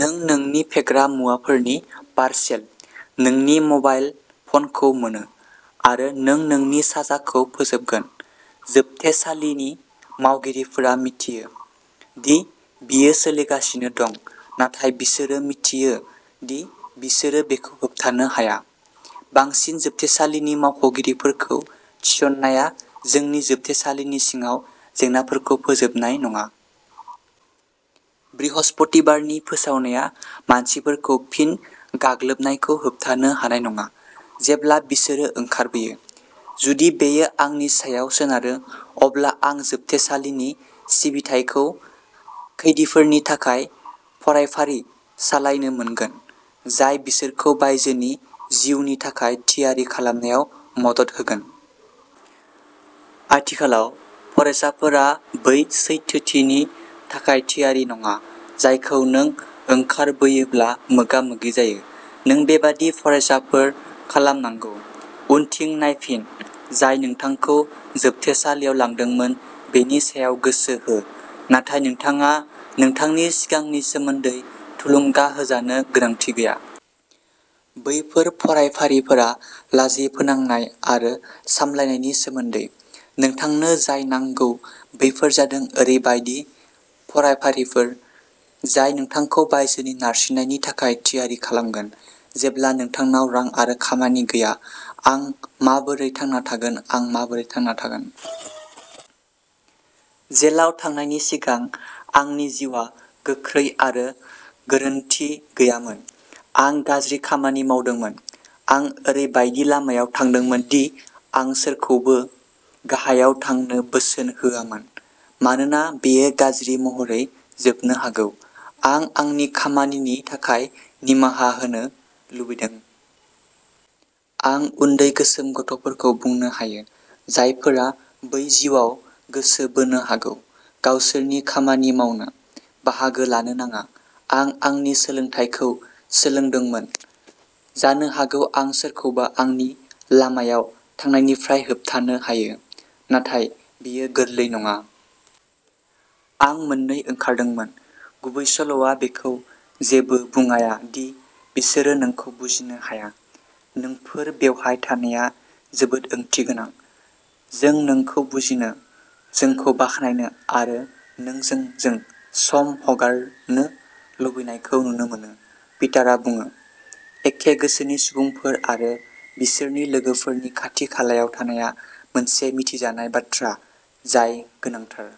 नों नोंनि फेग्रा मुवाफोरनि पारसेल, नोंनि म'बाइल फ'नखौ मोनो, आरो नों नोंनि साजाखौ फोजोबगोन। जोबथेसालिनि मावगिरिफोरा मिथियो दि बेयो सोलिगासिनो दं, नाथाय बिसोरो मिथियो दि बिसोरो बेखौ होबथानो हाया। बांसिन जोबथेसालिनि मावख'गिरिफोरखौ थिसननाया जोंनि जोबथेसालिनि सिङाव जेंनाफोरखौ फोजोबनाय नङा। बृहस्पतिबारनि फोसावनाया मानसिफोरखौ फिन गाग्लोबनायखौ होबथानो हानाय नङा, जेब्ला बिसोरो ओंखारबोयो। जुदि बेयो आंनि सायाव सोनारो, अब्ला आं जोबथेसालिनि सिबिथाइखौ खैदीफोरनि थाखाय फरायफारि सालायनो मोनगोन, जाय बिसोरखौ बायजोनि जिउनि थाखाय थियारि खालामनायाव मदद होगोन। आथिखालाव, फरायफारिफोरा बै सैथोथिनि थाखाय थियारि नङा, जायखौ नों ओंखारबोयोब्ला मोगा-मोगि जायो। नों बेबादि फरायफारिफोर खालामनांगौ। उनथिं नायफिन, जाय नोंथांखौ जोबथेसालियाव लांदोंमोन बेनि सायाव गोसो हो। नाथाय नोंथाङा नोंथांनि सिगांनि सोमोन्दै थुलुंगा होजानो गोनांथि गैया। बैफोर फरायफारिफोरा लाजि फोनांनाय आरो सामलायनायनि सोमोन्दै। नोंथांनो जाय नांगौ बेफोर जादों ओरैबायदि फरायफारिफोर जाय नोंथांखौ बायजोनि नारसिननायनि थाखाय थियारि खालामगोन, जेब्ला नोंथांनाव रां आरो खामानि गैया। आं माबोरै थांना थागोन? आं माबोरै थांना थागोन? जेलाव थांनायनि सिगां, आंनि जिउआ गोख्रै आरो गोरोनथि गैयैमोन। आं गाज्रि खामानि मावदोंमोन। आं ओरैबायदि लामायाव थांदोंमोन दि आं सोरखौबो गाहायाव थांनो बोसोन होआमोन मानोना बेयो गाज्रि महरै जोबनो हागौ। आं आंनि खामानिनि थाखाय निमाहा होनो लुबैदों। आं उन्दै गोसोम गथ'फोरखौ बुंनो हायो, जायफोरा बै जिउआव गोसो बोनो हागौ, गावसोरनि खामानि मावनो, बाहागो लानो नाङा। आं आंनि सोलोंथायखौ सोलोंदोंमोन। जानो हागौ आं सोरखौबा आंनि लामायाव थांनायनिफ्राय होबथानो हायो। नाथाय बेयो गोरलै नङा। आं मोननै ओंखारदोंमोन। गुबैसल'आ बेखौ जेबो बुङाया दि'बिसोरो नोंखौ बुजिनो हाया'। "नोंफोर बेवहाय थानाया जोबोद ओंथि गोनां। जों नोंखौ बुजिनो, जोंखौ बाख्नायनो आरो नों जोंजों सम हगारनो लुबैनायखौ नुनो मोनो", पिटारआ बुङो। एखे गोसोनि सुबुंफोर आरो बिसोरनि लोगोफोरनि खाथि-खालायाव थानाया मोनसे मिथिजानाय बाथ्रा जाय गोनांथार।